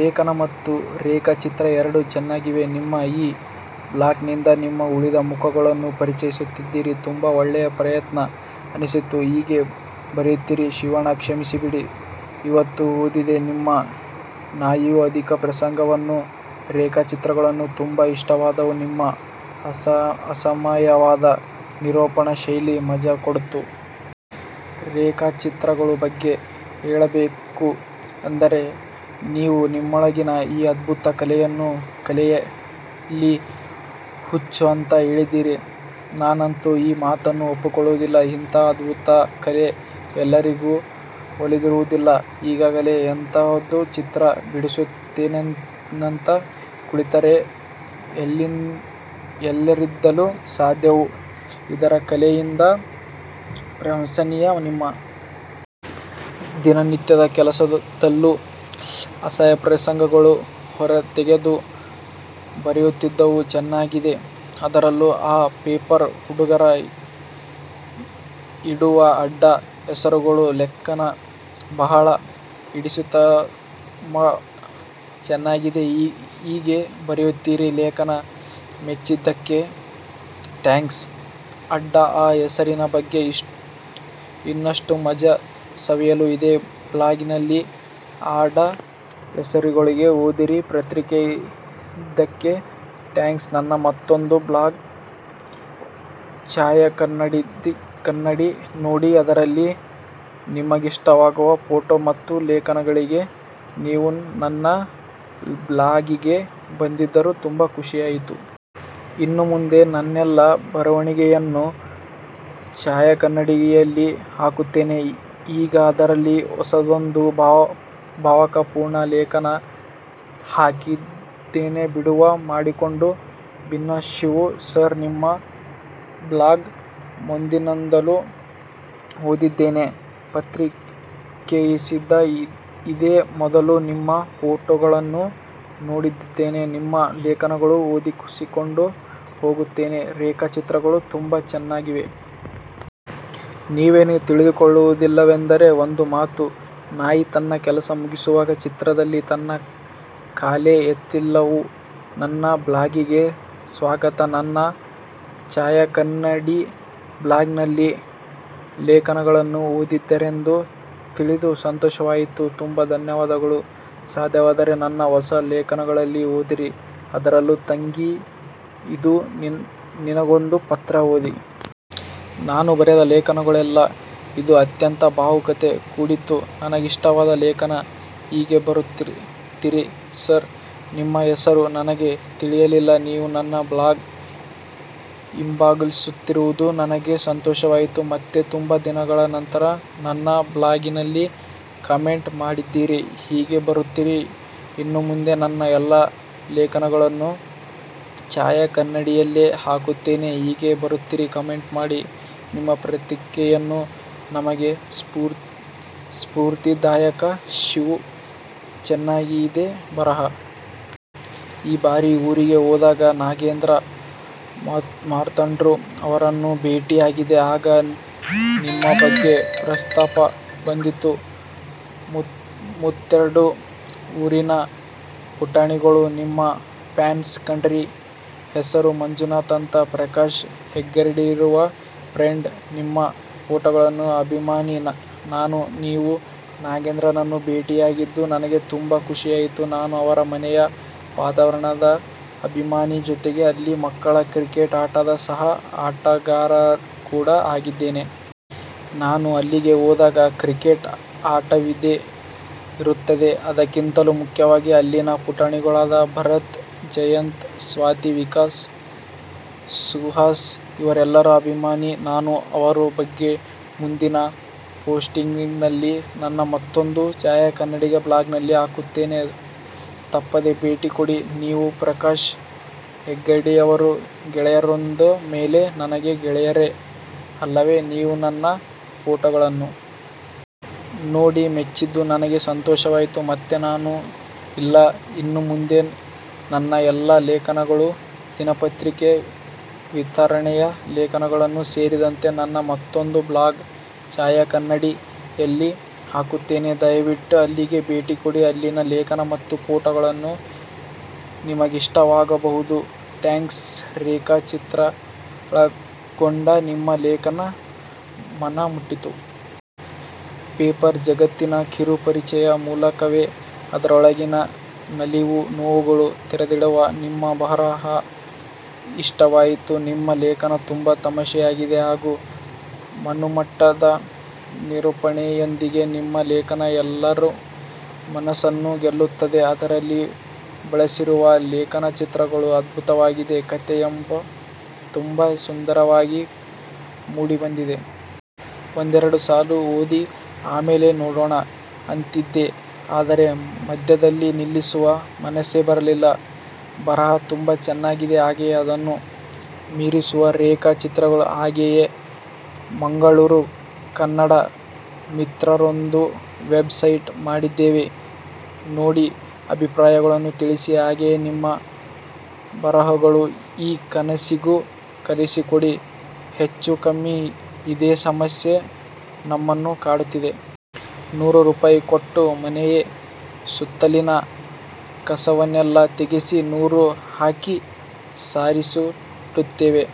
ಲೇಖನ ಮತ್ತು ರೇಖಾಚಿತ್ರ ಎರಡು ಚೆನ್ನಾಗಿವೆ. ನಿಮ್ಮ ಈ ಬ್ಲಾಗ್ ನಿಂದ ನಿಮ್ಮ ಉಳಿದ ಮುಖಗಳನ್ನು ಪರಿಚಯಿಸುತ್ತಿದ್ದೀರಿ. ತುಂಬಾ ಒಳ್ಳೆಯ ಪ್ರಯತ್ನ ಅನ್ನಿಸಿತು. ಹೀಗೆ ಬರೆಯುತ್ತಿರಿ. ಶಿವಣ್ಣ.. ಕ್ಷಮಿಸಿಬಿಡು.. ಇವತ್ತು ಓದಿದೆ ನಿಮ್ 'ನಾಯಿಯ ಅಧಿಕ ಪ್ರಸಂಗ'ವನ್ನು. ರೇಖಾಚಿತ್ರಗಳು ತುಂಬಾ ಇಷ್ಟವಾದುವು.. ನಿಮ್ಮ ಹಾಸ್ಯಮಯವಾದ ನಿರೂಪಣಾ ಶೈಲಿ ಮಜಾ ಕೊಡ್ತು. ರೇಖಾಚಿತ್ರಗಳ ಬಗ್ಗೆ ಹೇಳಲೇಬೇಕು. ಏನೆಂದರೆ ನೀವು ನಿಮ್ಮೊಳಗಿನ ಈ ಅಧ್ಬುತ ಕಲೆಯನ್ನು ಖಯಾಲಿ, ಹುಚ್ಚು ಅಂತ ಹೇಳಿದ್ದೀರಿ. ನಾನಂತೂ ಈ ಮಾತನ್ನು ಒಪ್ಪುವುದಿಲ್ಲ. ಇಂಥಹ ಅದ್ಭುತ ಕಲೆ ಎಲ್ಲರಿಗೂ ಒಲಿದಿರುವುದಿಲ್ಲ, ಈಗಲೇ ಇಂಥಹದೊಂದು ಚಿತ್ರ ಬಿಡಿಸಿಬಿಡುತ್ತೇನಂತ ಕುಳಿತರೆ ಎಲ್ಲರಿಂದಲೂ ಸಾಧ್ಯವೂ ಇರದ ಕಲೆಯಿದು. ಪ್ರಶಂಸನೀಯ. ನಿಮ್ಮ ದಿನನಿತ್ಯದ ಕೆಲಸದಲ್ಲೂ ಹಾಸ್ಯಪ್ರಸಂಗಗಳನ್ನು ಹೊರತೆಗೆದು ಬರೆಯುತ್ತಿರುವುದು ಚೆನ್ನಾಗಿದೆ, ಅದ್ರಲ್ಲೂ ಆ ಪೇಪರು ಹುಡುಗರು ಇಡುವ ಅಡ್ಡ ಹೆಸರುಗಳ ಲೇಖನ ಬಹಳ ಹಿಡಿಸಿತುತುಮ್ಬಾ ಚೆನ್ನಾಗಿದೆ ಹೀಗೆ ಬರೆಯುತ್ತಿರಿ ಲೇಖನ ಮೆಚ್ಚಿದ್ದಕ್ಕೆ ಥ್ಯಾಂಕ್ಸ್ ಆಡ್ಡ ಅ ಹೆಸರಿನ ಬಗ್ಗೆ ಇನ್ನಷ್ಟು ಮಜ ಸವಿಯಲು ಇದೇ ಬ್ಲಾಗಿನಲ್ಲಿ ಆಡ್ಡ ಹೆಸರುಗಳು ಓದಿರಿ ಪ್ರತಿಕ್ರಿಯಿಸಿದ್ದಕ್ಕೆ ಥ್ಯಾಂಕ್ಸ್ ನನ್ನ ಮತ್ತೊಂದು ಬ್ಲಾಗ್ ಛಾಯಾಕನ್ನಡಿ ನೋಡಿ ಅದರಲ್ಲಿ ನಿಮಗಿಷ್ಟವಾಗುವ ಫೋಟೋ ಮತ್ತು ಲೇಖನಗಳಿವೆ ನೀವು ನನ್ನ ಬ್ಲಾಗಿಗೆ ಬಂದಿದ್ದೂ ತುಂಬಾ ಖುಷಿಯಾಯ್ತು. ಇನ್ನು ಮುಂದೆ ನನ್ನೆಲ್ಲಾ ಬರವಣಿಗೆಯನ್ನು ಛಾಯಾಕನ್ನಡಿಯಲ್ಲಿ ಹಾಕುತ್ತೇನೆ. ಈಗ ಅದರಲ್ಲಿ ಹೊಸದೊಂದು ಭಾವುಕ ಪೂರ್ಣ ಲೇಖನ ಹಾಕಿದ್ದೇನೆಬಿಡುವು ಮಾಡಿಕೊಂಡು ಬನ್ನಿಶಿವು ಸರ್! ನಿಮ್ಮ ಬ್ಲಾಗ್ ಮೊದ್ಲಿಂದನೂ ಓದ್ತಿದೀನಿ. ಪ್ರತಿಕ್ರಿಯಿಸಿದ್ದು ಇದೇ ಮೊದಲು. ನಿಮ್ಮ ಫೋಟೋ ಗಳನ್ನೂ ನೋಡಿದ್ದೀನಿ ನಿಮ್ಮ ಲೇಖನಗಳು ಓದಿಸಿಕೊಂಡು ಹೋಗುತ್ತವೆ. ರೇಖಾಚಿತ್ರಗಳು ತುಂಬಾ ಚೆನ್ನಾಗಿವೆ. ನೀವೇನೂ ತಿಳಿದುಕೊಳ್ಳುವುದಿಲ್ಲವೆಂದರೆ ಒಂದು ಮಾತು. ನಾಯಿ ತನ್ನ ಕೆಲಸ ಮುಗಿಸುವಾಗ ಚಿತ್ರದಲ್ಲಿ ತನ್ನ ಕಾಲೇ ಎತ್ತಿಲ್ಲವಲ್ಲ?:- ನನ್ನ ಬ್ಲಾಗಿಗೆ ಸ್ವಾಗತ. ನನ್ನ ಛಾಯಾಕನ್ನಡಿ ಬ್ಲಾಗಿನ ಲೇಖನಗಳನ್ನು ಓದಿದ್ದೀರೆಂದು ತಿಳಿದು ಸಂತೋಷವಾಯಿತು, ತುಂಬಾ ಧನ್ಯವಾದಗಳು ಸಾದ್ಯವಾದರೆ ನನ್ನ ಹೊಸ ಲೇಖನಗಳನ್ನು ಓದಿರಿ. ಅದರಲ್ಲೂ "ತಂಗಿ ಇದೊ ನಿನಗೊಂದು ಪತ್ರ" ಓದಿ. ನಾನು ಬರೆದ ಲೇಖನಗಳಲ್ಲೇ ಇದು ಅತ್ಯಂತ ಭಾವುಕತೆ ಕೂಡಿದ್ದು ನನಗಿಷ್ಟವಾದ ಲೇಖನ ಹೀಗೆ ಬರುತ್ತಿರಿ ಸಾರ್, ನಿಮ್ಮ ಹೆಸರು ನನಗೆ ತಿಳಿಯಲಿಲ್ಲ. ನೀವು ನನ್ನ ಬ್ಲಾಗ್ ಹಿಂಬಾಲಿಸುತ್ತಿರುವುದು ನನಗೆ ಸಂತೋಷವಾಯಿತು ಮತ್ತೆ ತುಂಬಾ ದಿನಗಳ ನಂತರ ನನ್ನ ಬ್ಲಾಗಿನಲ್ಲಿ ಕಾಮೆಂಟ್ ಮಾಡಿದ್ದೀರಿ ಹೀಗೆ ಬರುತ್ತಿರಿ ಇನ್ನು ಮುಂದೆ ನನ್ನ ಎಲ್ಲಾ ಲೇಖನಗಳನ್ನು ಛಾಯಾಕನ್ನಡಿಯಲ್ಲೇ ಹಾಕುತ್ತೇನೆ ಹೀಗೆ ಬರುತ್ತಿರಿ ಕಾಮೆಂಟ್ ಮಾಡಿ ನಿಮ್ಮ ಪ್ರತಿಕ್ರಿಯೆಗಳು ನಮಗೆ ಸ್ಪೂರ್ತಿದಾಯಕ ಶಿವು, ಚೆನಾಗಿದೆ ಬರಹ. ಈ ಬಾರಿ ಊರಿಗೆ ಹೋದಾಗ ನಾಗೇಂದ್ರ ಮುತ್ಮುರ್ಡು ಅವರನ್ನು ಭೇಟಿ ಆಗಿದ್ದೆ. ಆಗ ನಿಮ್ಮ ಬಗ್ಗೆ ಪ್ರಸ್ತಾಪ ಬಂದಿತ್ತು. ಮುತ್ಮುರ್ಡು ಊರಿನ ಪುಟಾಣಿಗಳು ನಿಮ್ಮ ಫ್ಯಾನ್ಸ್ ಕಣ್ರೀ! ಹೆಸರು ಮಂಜುನಾಥ ಅಂತ.. ಪ್ರಕಾಶ ಹೆಗಡೆಯವರ ಫ್ರೆಂಡು. ನಿಮ್ಮ ಫೊಟೊಗಳ ಅಭಿಮಾನಿ ನಾನು. ನೀವು ನಾಗೇಂದ್ರನನ್ನು ಬೇಟಿಯಾಗಿದ್ದು ನನಗೆ ತುಂಬಾ ಖುಷಿಯಾಯಿತು, ನಾನು ಅವರ ಮನೆಯ ವಾತಾವರಣದ ಅಭಿಮಾನಿ ಜೊತೆಗೆ ಅಲ್ಲಿನ ಮಕ್ಕಳ ಕ್ರಿಕೆಟ್ ಆಟದ ಸಹ ಆಟಗಾರಕೂಡ ಆಗಿದ್ದೇನೆ. ನಾನು ಅಲ್ಲಿಗೆ ಹೋದಾಗ ಕ್ರಿಕೆಟ್ ಆಟವಿದ್ದೇ ಇರುತ್ತದೆ ಅದೆಲ್ಲಕ್ಕಿಂತ ಮುಖ್ಯವಾಗಿ ಅಲ್ಲಿನ ಪುಟಾಣಿಗಳಾದ ಭರತ್, ಜಯಂತ್, ಸ್ವಾತಿ, ವಿಕಾಶ್, ಸುಹಾಸ್ ಇವರೆಲ್ಲರ ಅಭಿಮಾನಿ ನಾನು ಅವರ ಬಗ್ಗೆ ಮುಂದಿನ ಫೋಷ್ಟಿಂಗಿನಲ್ಲಿ ನನ್ನ ಮತ್ತೊಂದು ಛಾಯಾ ಕನ್ನಡಿ ಬ್ಲಾಗಿನಲ್ಲಿ ಹಾಕುತ್ತೇನೆ. ತಪ್ಪದೆ ಬೇಟಿಕೊಡಿ. ನೀವು ಪ್ರಕಾಶ ಹೆಗಡೆಯವರ ಗೆಳೆಯರೆಂದ ಮೇಲೆ ನನಗೂ ಗೆಳೆಯರೆ ಅಲ್ಲವೇ ನೀವು ನನ್ನ ಫೋಟೋಗಳನ್ನು. ನೋಡಿ ಮೆಚ್ಚಿದ್ದು ನನಗೆ ಸಂತೋಷವಾಯಿತು ಮತ್ತೆ ನಾನು ಇಲ್ಲ ಇನ್ನು ಮುಂದೆ ನನ್ನ ಎಲ್ಲಾ ಲೇಖನಗಳನ್ನು ದಿನಪತ್ರಿಕೆ ವಿತರಣೆಯ ಲೇಖನಗಳು ಸೇರಿದಂತೆ ನನ್ನ ಮತ್ತೊಂದು ಬ್ಲಾಗ್ "ಛಾಯಾಕನ್ನಡಿ" ಯಲ್ಲಿ ಹಾಕುತ್ತೇನೆ. ದಯವಿಟ್ಟು ಅಲ್ಲಿಗೆ ಭೇಟಿಕೊಡಿ ಅಲ್ಲಿನ ಲೇಖನ ಮತ್ತು ಫೋಟೊಗಳು ನಿಮಗಿಷ್ಟವಾಗಬಹುದು ಥ್ಯಾಂಕ್ಸ್ ರೇಖಾ ಚಿತ್ರಗಳನ್ನೊಳಗೊಂಡ ನಿಮ್ಮ ಲೇಖನ ಮನ ಮುಟ್ಟಿತು. ಪೇಪರ್ ಜಗತ್ತಿನ ಕಿರು ಪರಿಚಯದ ಮೂಲಕವೇ ಅದರೊಳಗಿನ ನಲಿವು, ನೋವನ್ನು ತೆರೆದಿಡುವ ನಿಮ್ಮ ಬರಹ ಇಷ್ಟವಾಯಿತು. ನಿಮ್ಮ ಲೇಖನ ತುಂಬಾ ತಮಾಷೆಯಾಗಿದೆ ಹಾಗೂ ಮನಮುಟ್ಟುವ ನಿರೂಪಣೆಯೊಂದಿಗೆ ನಿಮ್ಮ ಲೇಖನ ಎಲ್ಲರ ಮನಸ್ಸನ್ನು ಗೆಲ್ಲುತ್ತದೆ. ಅದರಲ್ಲಿ ಬಳಸಿರುವ ರೇಖಾಚಿತ್ರಗಳು ಅದ್ಭುತವಾಗಿವೆ.. ಕಥೆ ತುಂಬ ಸುಂದರವಾಗಿ ಮೂಡಿ ಬಂದಿದೆ. ಒಂದೆರಡು ಸಾಲು ಓದಿ ಆಮೇಲೆ ನೋಡೊಣ ಅಂತಿದ್ದೆ, ಆದರೆ ಮಧ್ಯದಲ್ಲಿ ನಿಲ್ಲಿಸಲು ಮನಸೇ ಬರಲಿಲ್ಲ. ಬರಹ ತುಂಬಾ ಚೆನ್ನಾಗಿದೆ. ಹಾಗೆಯೇ ಅದನ್ನು ಮೀರಿಸುವ ರೇಖಾ ಚಿತ್ರಗಳು. ಹಾಗೆಯೇ ಮಂಗಳೂರು ಕನ್ನಡ ಮಿತ್ರರದ್ದೊಂದು ವೆಬ್ ಸೈಟ್ ಮಾಡಿದ್ದೇವೆ. ನೋಡಿ ಅಭಿಪ್ರಾಯಗಳನ್ನು ತಿಳಿಸಿ. ಹಾಗೆಯೇ ನಿಮ್ಮ ಬರಹಗಳನ್ನು ಈ ಕನಸಿಗೂ ಕಳುಹಿಸಿಕೊಡಿ ಹೆಚ್ಚೂ ಕಮ್ಮಿ ಇದೇ ಸಮಸ್ಯೆ ನಮ್ಮನ್ನೂ ಕಾಡುತ್ತಿದೆ. ನೂರಾರು ರೂಪಾಯಿ ಕೊಟ್ಟು ಮನೆಯ ಸುತ್ತಲಿನ ಕಸವನ್ನೆಲ್ಲಾ ತೆಗೆಸಿ, ನೀರು ಹಾಕಿ ಸಾರಿಸಿಡುತ್ತೇವೆ.